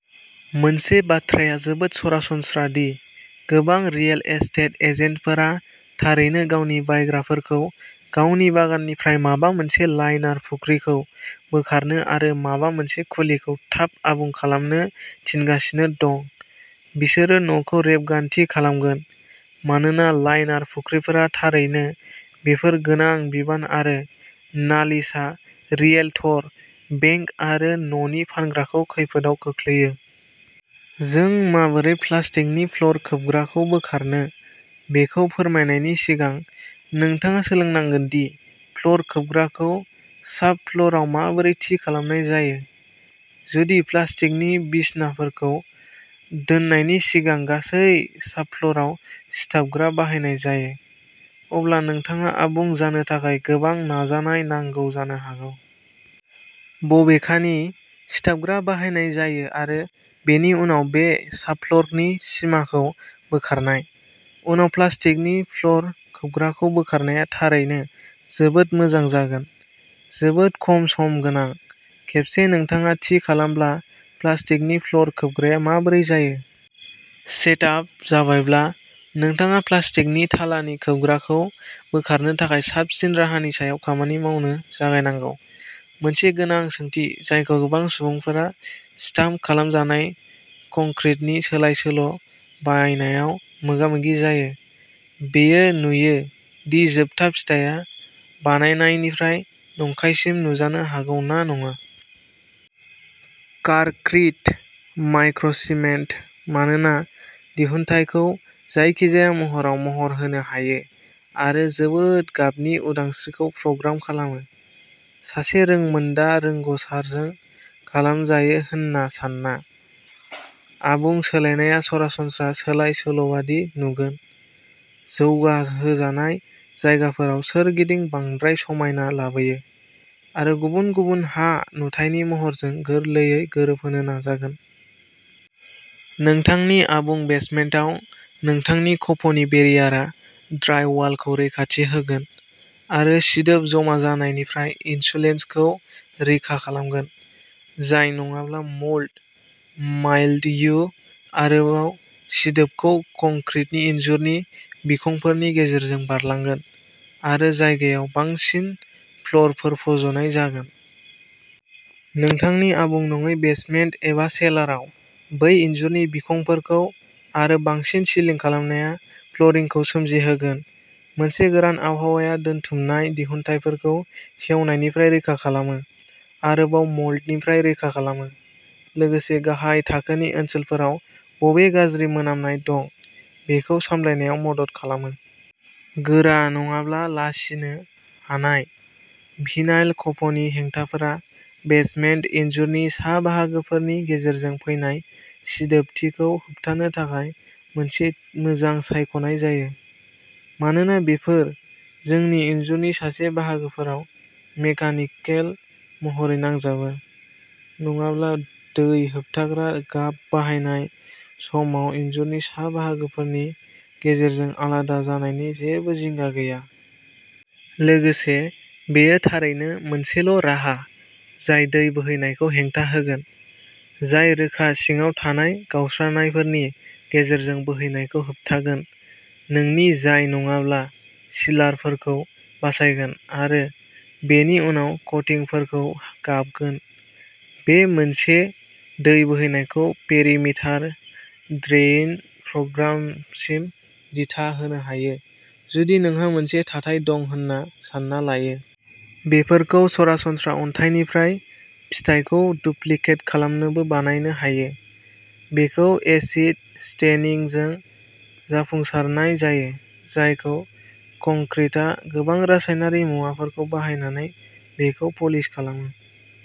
मोनसे बाथ्राया जोबोद सरासनस्रा दि गोबां रियेल एस्टेट एजेन्टफोरा थारैनो गावनि बायग्राफोरखौ गावनि बागाननिफ्राय माबा मोनसे लाइनार फुख्रिखौ बोखारनो आरो माबा मोनसे खुलिखौ थाब आबुं खालामनो थिनगासिनो दं, बिसोरो न'खौ रेबगान्थि खालामगोन मानोना लाइनार फुख्रिफोरा थारैनो बेफोर गोनां बिबान आरो नालिसआ रियेल्टर, बेंक आरो न'नि फानग्राखौ खैफोदआव खोख्लैयो। जों माबोरै प्लास्टिकनि फ्ल'र खोबग्राखौ बोखारनो बेखौ फोरमायनायनि सिगां, नोंथाङा सोलोंनांगोन दि फ्ल'र खोबग्राखौ साबफ्ल'राव माबोरै थि खालामनाय जायो। जुदि प्लास्टिकनि बिसनाफोरखौ दोननायनि सिगां गासै साबफ्ल'राव सिथाबग्रा बाहायनाय जायो, अब्ला नोंथाङा आबुं जानो थाखाय गोबां नाजानाय नांगौ जानो हागौ। बबेखानि, सिथाबग्रा बाहायनाय जायो आरो बेनि उनाव बे साबफ्ल'रनि सिमाखौ बोखारनाय, उनाव प्लास्टिकनि फ्ल'र खोबग्राखौ बोखारनाया थारैनो जोबोद मोजां जागोन, जोबोद खम सम गोनां। खेबसे नोंथाङा थि खालामब्ला प्लास्टिकनि फ्ल'र खोबग्राया माबोरै जायो। सेटआप जाबायब्ला, नोंथाङा प्लास्टिकनि थालानि खोबग्राखौ बोखारनो थाखाय साबसिन राहानि सायाव खामानि मावनो जागायनांगौ। मोनसे गोनां सोंथि जायखौ गोबां सुबुंफोरा स्टाम्प खालामजानाय कंक्रिटनि सोलाय-सोल'बायनायाव मोगामोगि जायो, बेयो नुयो दि जोबथा फिथाइया बानायनायनिफ्राय नंखायसिम नुजानो हागौ ना नङा। कारक्रिट माइक्र'सिमेन्ट'मानोना दिहुनथायखौ जायखिजाया महरआव महर होनो हायो आरो जोबोद गाबनि उदांस्रिखौ प्रग्राम खालामो, सासे रोंमोन्दां रोंग'सारजों खालामजायो होन्ना सान्ना, आबुं सोलायनाया सरासनस्रा सोलाय-सोल'बायदि नुगोन। जौगाहोजानाय जायगाफोराव सोरगिदिं बांद्राय समायना लाबोयो आरो गुबुन गुबुन हा-नुथायनि महरजों गोरलैयै गोरोबहोनो नाजागोन। नोंथांनि आबुं बेसमेन्टाव, नोंथांनि खफनि बेरियारा ड्राइवालखौ रैखाथि होगोन आरो सिदोब जमा जानायनिफ्राय इनसुलेसनखौ रैखा खालामगोन जाय नङाब्ला मोल्ड, माइल्ड्यु, आरोबाव सिदोबखौ कंक्रिटनि इनजुरनि बिखंफोरनि गेजेरजों बारलांगोन आरो जायगायाव बांसिन फ्ल'रफोर फज'नाय जागोन। नोंथांनि आबुं नङै बेसमेन्ट एबा सेलारआव, बै इनजुरनि बिखंफोरखौ आरो बांसिन सिलिं खालामनाया फ्ल'रिंखौ सोमजि होगोन। मोनसे गोरान आबहावाया, दोनथुमनाय दिहुनथायफोरखौ सेवनायनिफ्राय रैखा खालामो, आरोबाव मोल्डनिफ्राय रैखा खालामो, लोगोसे गाहाय थाखोनि ओनसोलफोराव बबे गाज्रि मोनामनाय दं बेखौ सामलायनायाव मदद खालामो। गोरा नङाब्ला लचिनो हानाय, भिनाइल खफनि हेंथाफोरा बेसमेन्ट इनजुरनि सा बाहागोफोरनि गेजेरजों फैनाय सिदोबथिखौ होबथानो थाखाय मोनसे मोजां सायख'नाय जायो। मानोना बेफोर नोंनि इनजुरनि सा बाहागोफोराव मेकानिकेल महरै नांजाबो, नङाब्ला दै होबथाग्रा गाब बाहायनाय समाव इनजुरनि सा बाहागोफोरनि गेजेरजों आलादा जानायनि जेबो जिंगा गैया। लोगोसे, बेयो थारैनो मोनसेल'राहा जाय दै बोहैनायखौ हेंथा होगोन, जाय रोखा सिङाव थानाय गावस्रानायफोरनि गेजेरजों बोहैनायखौ होबथागोनः नोंनि जाय नङाब्ला सिलारफोरखौ बासायगोन आरो बेनि उनाव कटिंगफोरखौ गाबगोन। बे मोनसे दै बोहैनायखौ पेरिमिटार ड्रेइन प्रग्रामसिम दिथा होनो हायो, जुदि नोंहा मोनसे थाथाय दं होन्ना सान्ना लायो। बेफोरखौ सरासनस्रा अन्थाइनिफ्राय फिथायखौ डुप्लिकेट खालामनोबो बानायनो हायो। बेखौ एसिड स्टेनिंजों जाफुंसारनाय जायो, जायखौ कंक्रिटआ गोबां रासायनारि मुवाफोरखौ बाहायनानै बेखौ पालिश खालामो।